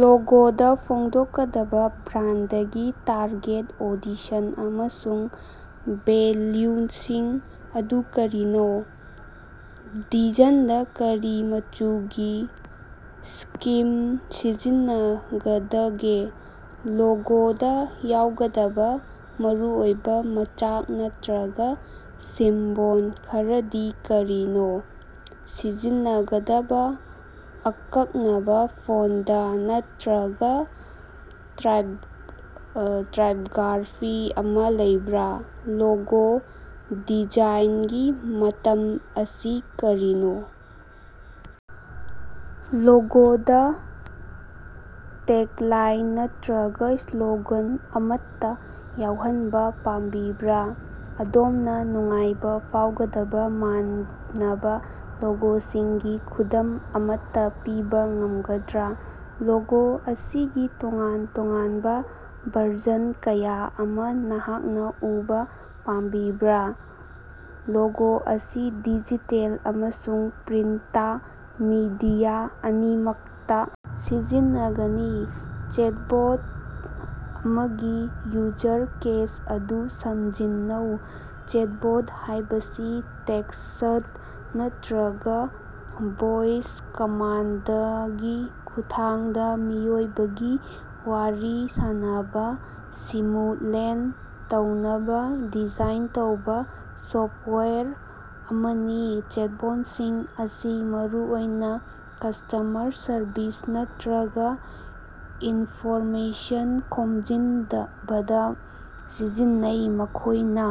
ꯂꯣꯒꯣꯗ ꯐꯣꯡꯗꯣꯛꯀꯗꯕ ꯕ꯭ꯔꯥꯟꯗꯒꯤ target audition ꯑꯃꯁꯨꯡ ꯚꯦꯂ꯭ꯌꯨꯁꯤꯡ ꯑꯗꯨ ꯀꯔꯤꯅꯣ? ꯗꯤꯖꯥꯏꯟꯗ ꯀꯔꯤ ꯃꯆꯨꯒꯤ ꯁ꯭ꯀꯤꯝ ꯁꯤꯖꯤꯟꯅꯒꯗꯒꯦ? ꯂꯣꯒꯣꯗ ꯌꯥꯎꯒꯗꯕ ꯃꯔꯨꯑꯣꯏꯕ ꯃꯆꯥꯛ ꯅꯠꯇꯔꯒ ꯁꯤꯝꯕꯣꯜ ꯈꯔꯗꯤ ꯀꯔꯤꯅꯣ? ꯁꯤꯖꯤꯟꯅꯒꯗꯕ ꯑꯀꯛꯅꯕ ꯐꯣꯟꯇ ꯅꯠꯇꯔꯒ ꯇꯥꯏꯞꯒ꯭ꯔꯥꯐꯤ ꯑꯃ ꯂꯩꯕ꯭ꯔꯥ? ꯂꯣꯒꯣ ꯗꯤꯖꯥꯏꯟꯒꯤ ꯃꯇꯝ ꯑꯁꯤ ꯀꯔꯤꯅꯣ? ꯂꯣꯒꯣꯗ ꯇꯦꯒꯂꯥꯏꯟ ꯅꯠꯇꯔꯒ ꯁ꯭ꯂꯣꯒꯥꯟ ꯑꯃꯠꯇ ꯌꯥꯎꯍꯟꯕ ꯄꯥꯝꯕꯤꯕꯔꯥ? ꯑꯗꯣꯝꯗ ꯅꯨꯡꯉꯥꯏꯕ ꯐꯥꯎꯒꯗꯕ ꯃꯥꯟꯅꯕ ꯂꯣꯒꯣꯁꯤꯡꯒꯤ ꯈꯨꯗꯝ ꯑꯃꯠꯇ ꯄꯤꯕ ꯉꯝꯒꯗ꯭ꯔꯥ? ꯂꯣꯒꯣ ꯑꯁꯤꯒꯤ ꯇꯣꯉꯥꯟ ꯇꯣꯉꯥꯟꯕ ꯚꯔꯖꯟ ꯀꯌꯥ ꯑꯃ ꯅꯍꯥꯛꯅ ꯎꯕꯥ ꯄꯥꯝꯕꯤꯕꯔꯥ? ꯂꯣꯒꯣ ꯑꯁꯤ ꯗꯤꯖꯤꯇꯦꯜ ꯑꯃꯁꯨꯡ ꯄ꯭ꯔꯤꯟꯇ ꯃꯤꯗꯤꯌꯥ ꯑꯅꯤꯃꯛꯇ ꯁꯤꯖꯤꯟꯅꯒꯅꯤ꯫ ꯆꯦꯠꯕꯣꯠ ꯑꯃꯒꯤ ꯌꯨꯖꯔ ꯀꯦꯁ ꯑꯗꯨ ꯁꯃꯖꯤꯟꯅꯧ꯫ ꯆꯦꯠꯕꯣꯠ ꯍꯥꯏꯕꯁꯤ ꯇꯦꯛꯁꯠ ꯅꯠꯇꯔꯒ ꯚꯣꯏꯁ ꯀꯃꯥꯟꯗꯒꯤ ꯈꯨꯠꯊꯥꯡꯗ ꯃꯤꯑꯣꯏꯕꯒꯤ ꯋꯥꯔꯤ ꯁꯥꯟꯅꯕ ꯁꯤꯃꯨꯂꯦꯠ ꯇꯧꯅꯕ ꯗꯤꯖꯥꯏꯟ ꯇꯧꯕ ꯁꯣꯐ꯭ꯇꯋꯥꯌꯔ ꯑꯃꯅꯤ꯫ ꯆꯦꯠꯕꯣꯠꯁꯤꯡ ꯑꯁꯤ ꯃꯔꯨꯑꯣꯏꯅ ꯀꯁ꯭ꯇꯃꯔ ꯁꯔꯚꯤꯁ ꯅꯠꯇꯔꯒ ꯏꯟꯐꯣꯔꯃꯦꯁꯟ ꯈꯣꯝꯖꯤꯟꯕꯗ ꯁꯤꯖꯤꯟꯅꯩ꯫ ꯃꯈꯣꯏꯅ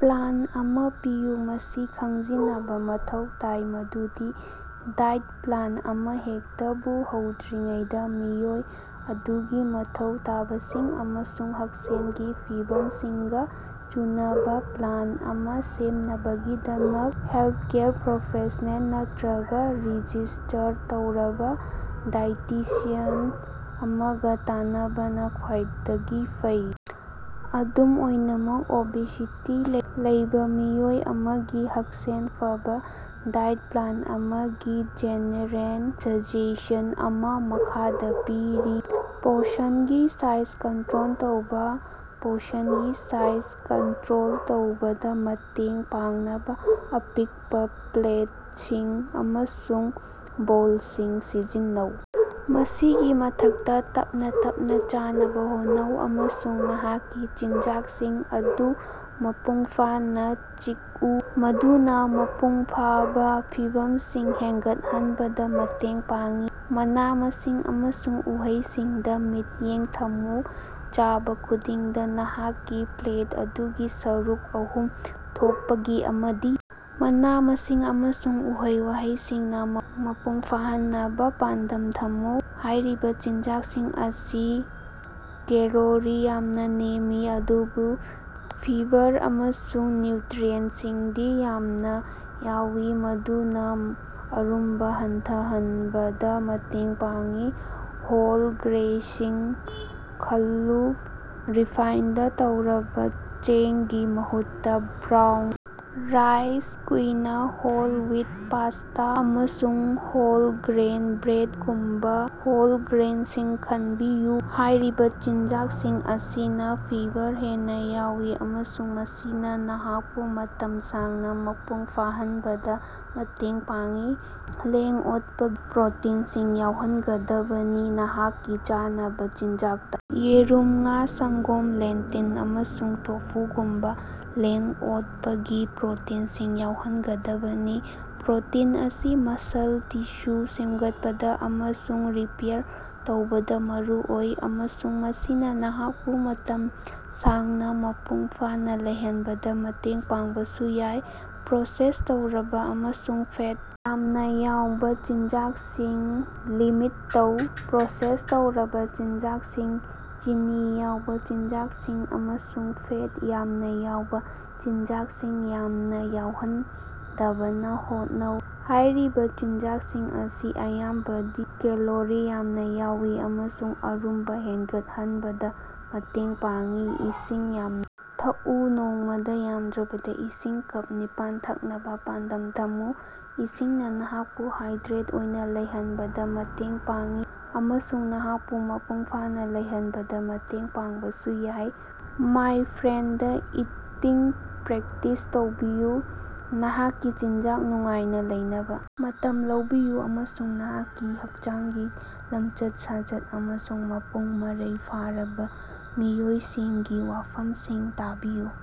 ꯄ꯭ꯂꯥꯟ ꯑꯃ ꯄꯤꯌꯨ꯫ ꯃꯁꯤ ꯈꯪꯖꯤꯅꯕ ꯃꯊꯧ ꯇꯥꯏ ꯃꯗꯨꯗꯤ ꯗꯥꯏꯠ ꯄ꯭ꯂꯥꯟ ꯑꯃꯍꯦꯛꯇꯕꯨ ꯍꯧꯗ꯭ꯔꯤꯉꯩꯗ, ꯃꯤꯑꯣꯏ ꯑꯗꯨꯒꯤ ꯃꯊꯧ ꯇꯥꯕꯁꯤꯡ ꯑꯃꯁꯨꯡ ꯍꯛꯁꯦꯜꯒꯤ ꯐꯤꯚꯝꯁꯤꯡꯒ ꯆꯨꯅꯕꯥ ꯄ꯭ꯂꯥꯟ ꯑꯃ ꯁꯦꯝꯅꯕꯒꯤꯗꯃꯛ ꯍꯦꯜꯊꯀꯦꯌꯔ ꯄ꯭ꯔꯣꯐꯦꯁꯅꯦꯜ ꯅꯠꯇꯔꯒ ꯔꯦꯖꯤꯁ꯭ꯇꯔ ꯇꯧꯔꯕ ꯗꯥꯏꯑꯦꯇꯤꯁꯤꯌꯟ ꯑꯃꯒ ꯇꯥꯟꯅꯕꯅ ꯈ꯭ꯋꯥꯏꯗꯒꯤ ꯐꯩ꯫ ꯑꯗꯨꯝ ꯑꯣꯏꯅꯃꯛ, ꯑꯣꯕꯦꯁꯤꯇꯤ ꯂꯩꯕ ꯃꯤꯑꯣꯏ ꯑꯃꯒꯤ ꯍꯛꯁꯦꯜ ꯐꯕꯥ ꯗꯥꯏꯠ ꯄ꯭ꯂꯥꯟ ꯑꯃꯒꯤ ꯖꯦꯅꯦꯔꯦꯜ ꯁꯖꯦꯁꯟ ꯑꯃꯥ ꯃꯈꯥꯗ ꯄꯤꯔꯤ - ꯄꯣꯔꯁꯟꯒꯤ ꯁꯥꯏꯖ ꯀꯟꯇꯔꯣꯜ ꯇꯧꯕ - ꯄꯣꯔꯁꯟꯒꯤ ꯁꯥꯏꯖ ꯀꯟꯇꯔꯣꯜ ꯇꯧꯕꯗ ꯃꯇꯦꯡ ꯄꯥꯡꯅꯕ ꯑꯄꯤꯛꯄ ꯄ꯭ꯂꯦꯠꯁꯤꯡ ꯑꯃꯁꯨꯡ ꯕꯣꯜꯁꯤꯡ ꯁꯤꯖꯤꯟꯅꯧ꯫ ꯃꯁꯤꯒꯤ ꯃꯊꯛꯇ, ꯇꯞꯅꯥ ꯇꯞꯅꯥ ꯆꯥꯅꯕ ꯍꯣꯠꯅꯧ ꯑꯃꯁꯨꯡ ꯅꯍꯥꯛꯀꯤ ꯆꯤꯟꯖꯥꯛꯁꯤꯡ ꯑꯗꯨ ꯃꯄꯨꯡꯐꯥꯅ ꯆꯤꯛꯎ, ꯃꯗꯨꯅ ꯃꯄꯨꯡꯐꯥꯕ ꯐꯤꯚꯝꯁꯤꯡ ꯍꯦꯟꯒꯠꯍꯟꯕꯗ ꯃꯇꯦꯡ ꯄꯥꯡꯏ꯫ ꯃꯅꯥ-ꯃꯁꯤꯡ ꯑꯃꯁꯨꯡ ꯎꯍꯩꯁꯤꯡꯗ ꯃꯤꯠꯌꯦꯡ ꯊꯝꯃꯨ - ꯆꯥꯕ ꯈꯨꯗꯤꯡꯗ ꯅꯍꯥꯛꯀꯤ ꯄ꯭ꯂꯦꯠ ꯑꯗꯨꯒꯤ ꯁꯔꯨꯛ ꯑꯍꯨꯝ ꯊꯣꯛꯄꯒꯤ ꯑꯃꯗꯤ ꯃꯅꯥ-ꯃꯁꯤꯡ ꯑꯃꯁꯨꯡ ꯎꯍꯩ-ꯋꯥꯍꯩꯁꯤꯡꯅ ꯃꯄꯨꯡ ꯐꯥꯍꯟꯅꯕ ꯄꯥꯟꯗꯝ ꯊꯝꯃꯨ꯫ ꯍꯥꯏꯔꯤꯕ ꯆꯤꯟꯖꯥꯛꯁꯤꯡ ꯑꯁꯤ ꯀꯦꯂꯣꯔꯤ ꯌꯥꯝꯅ ꯅꯦꯝꯃꯤ, ꯑꯗꯨꯕꯨ ꯐꯤꯕꯔ ꯑꯃꯁꯨꯡ ꯅ꯭ꯌꯨꯇꯔꯤꯑꯦꯟꯇꯁꯤꯡꯗꯤ ꯌꯥꯝꯅ ꯌꯥꯎꯏ, ꯃꯗꯨꯅ ꯑꯔꯨꯝꯕ ꯍꯟꯊꯍꯟꯕꯗ ꯃꯇꯦꯡ ꯄꯥꯡꯏ꯫ ꯍꯣꯜ ꯒ꯭ꯔꯦꯟꯁꯤꯡ ꯈꯜꯂꯨ - ꯔꯤꯐꯥꯏꯟꯗ ꯇꯧꯔꯕ ꯆꯦꯡꯒꯤ ꯃꯍꯨꯠꯇ, brown rice, quinoa, whole wheat pasta, ꯑꯃꯁꯨꯡ ꯍꯣꯜ-ꯒ꯭ꯔꯦꯟ ꯕ꯭ꯔꯦꯗꯒꯨꯝꯕ ꯍꯣꯜ ꯒ꯭ꯔꯦꯟꯁꯤꯡ ꯈꯟꯕꯤꯌꯨ꯫ ꯍꯥꯏꯔꯤꯕ ꯆꯤꯟꯖꯥꯛꯁꯤꯡ ꯑꯁꯤꯅ ꯐꯤꯕꯔ ꯍꯦꯟꯅ ꯌꯥꯎꯏ ꯑꯃꯁꯨꯡ ꯃꯁꯤꯅ ꯅꯍꯥꯛꯄꯨ ꯃꯇꯝ ꯁꯥꯡꯅ ꯃꯄꯨꯡ ꯐꯥꯍꯟꯕꯗ ꯃꯇꯦꯡ ꯄꯥꯡꯏ꯫ ꯂꯦꯡ-ꯑꯣꯠꯄꯒꯤ ꯄ꯭ꯔꯣꯇꯤꯟꯁꯤꯡ ꯌꯥꯎꯍꯟꯒꯗꯕꯅꯤ - ꯅꯍꯥꯛꯀꯤ ꯆꯥꯅꯕ ꯆꯤꯟꯖꯥꯛꯇ ꯌꯦꯔꯨꯝ, ꯉꯥ, ꯁꯪꯒꯣꯝ, ꯂꯦꯟꯇꯤꯜ, ꯑꯃꯁꯨꯡ ꯇꯣꯐꯨꯒꯨꯝꯕ ꯂꯦꯡ-ꯑꯣꯠꯄꯒꯤ ꯄ꯭ꯔꯣꯇꯤꯟꯁꯤꯡ ꯌꯥꯎꯍꯟꯒꯗꯕꯅꯤ꯫ ꯄ꯭ꯔꯣꯇꯤꯟ ꯑꯁꯤ ꯃꯁꯜ ꯇꯤꯁꯨ ꯁꯦꯝꯒꯠꯄꯗ ꯑꯃꯁꯨꯡ ꯔꯤꯄꯦꯌꯥꯔ ꯇꯧꯕꯗ ꯃꯔꯨꯑꯣꯏ, ꯑꯃꯁꯨꯡ ꯃꯁꯤꯅ ꯅꯍꯥꯛꯄꯨ ꯃꯇꯝ ꯁꯥꯡꯅ ꯃꯄꯨꯡ ꯐꯥꯅ ꯂꯩꯍꯟꯕꯗ ꯃꯇꯦꯡ ꯄꯥꯡꯕꯁꯨ ꯌꯥꯏ꯫ ꯄ꯭ꯔꯣꯁꯦꯁ ꯇꯧꯔꯕ ꯑꯃꯁꯨꯡ ꯐꯦꯠ ꯌꯥꯝꯅ ꯌꯥꯎꯕ ꯆꯤꯟꯖꯥꯛꯁꯤꯡ ꯂꯤꯃꯤꯠ ꯇꯧ- ꯄ꯭ꯔꯣꯁꯦꯁ ꯇꯧꯔꯕ ꯆꯤꯟꯖꯥꯛꯁꯤꯡ, ꯆꯤꯅꯤ ꯌꯥꯎꯕ ꯆꯤꯟꯖꯥꯛꯁꯤꯡ ꯑꯃꯁꯨꯡ ꯐꯦꯠ ꯌꯥꯝꯅ ꯌꯥꯎꯕ‌ ꯆꯤꯟꯖꯥꯛꯁꯤꯡ ꯌꯥꯝꯅ ꯌꯥꯎꯍꯟꯗꯅꯕ ꯍꯣꯠꯅꯧ꯫ ꯍꯥꯏꯔꯤꯕꯥꫪ ꯆꯤꯟꯖꯥꯛꯁꯤꯡ ꯑꯁꯤ ꯑꯌꯥꯝꯕꯗꯤ ꯀꯦꯂꯣꯔꯤ ꯌꯥꯝꯅ ꯌꯥꯎꯏ ꯑꯃꯁꯨꯡ ꯑꯔꯨꯝꯕ ꯍꯦꯟꯒꯠꯍꯟꯕꯗ ꯃꯇꯦꯡ ꯄꯥꯡꯏ꯫ ꯏꯁꯤꯡ ꯌꯥꯝꯅ ꯊꯛꯎ - ꯅꯣꯡꯃꯥꯗ ꯌꯥꯝꯗ꯭ꯔꯕꯗ ꯏꯁꯤꯡ ꯀꯞ ꯅꯤꯄꯥꯜ ꯊꯛꯅꯕꯥ ꯄꯥꯟꯗꯝ ꯊꯝꯃꯨ꯫ ꯏꯁꯤꯡꯅ ꯅꯍꯥꯛꯄꯨ ꯍꯥꯏꯗ꯭ꯔꯦꯠ ꯑꯣꯏꯅ ꯂꯩꯍꯟꯕꯗ ꯃꯇꯦꯡ ꯄꯥꯡꯏ, ꯑꯃꯁꯨꯡ ꯅꯍꯥꯛꯄꯨ ꯃꯄꯨꯡꯐꯥꯅ ꯂꯩꯍꯟꯕꯗ ꯃꯇꯦꯡ ꯄꯥꯡꯕꯁꯨ ꯌꯥꯏ꯫ ꯃꯥꯏꯟꯗꯐ꯭ꯔꯦꯟꯗ ꯏꯇꯤꯡ ꯄ꯭ꯔꯦꯛꯇꯤꯁ ꯇꯧꯕꯤꯌꯨ - ꯅꯍꯥꯛꯀꯤ ꯆꯤꯟꯖꯥꯛ ꯅꯨꯡꯉꯥꯏꯅ ꯂꯩꯅꯕ ꯃꯇꯝ ꯂꯧꯕꯤꯌꯨ ꯑꯃꯁꯨꯡ ꯅꯍꯥꯛꯀꯤ ꯍꯛꯆꯥꯡꯒꯤ ꯂꯝꯆꯠ-ꯁꯥꯖꯠ ꯑꯃꯁꯨꯡ ꯃꯄꯨꯡ-ꯃꯔꯩ ꯐꯥꯔꯕ ꯃꯤꯑꯣꯏꯁꯤꯡꯒꯤ ꯋꯥꯐꯝꯁꯤꯡ ꯇꯥꯕꯤꯌꯨ꯫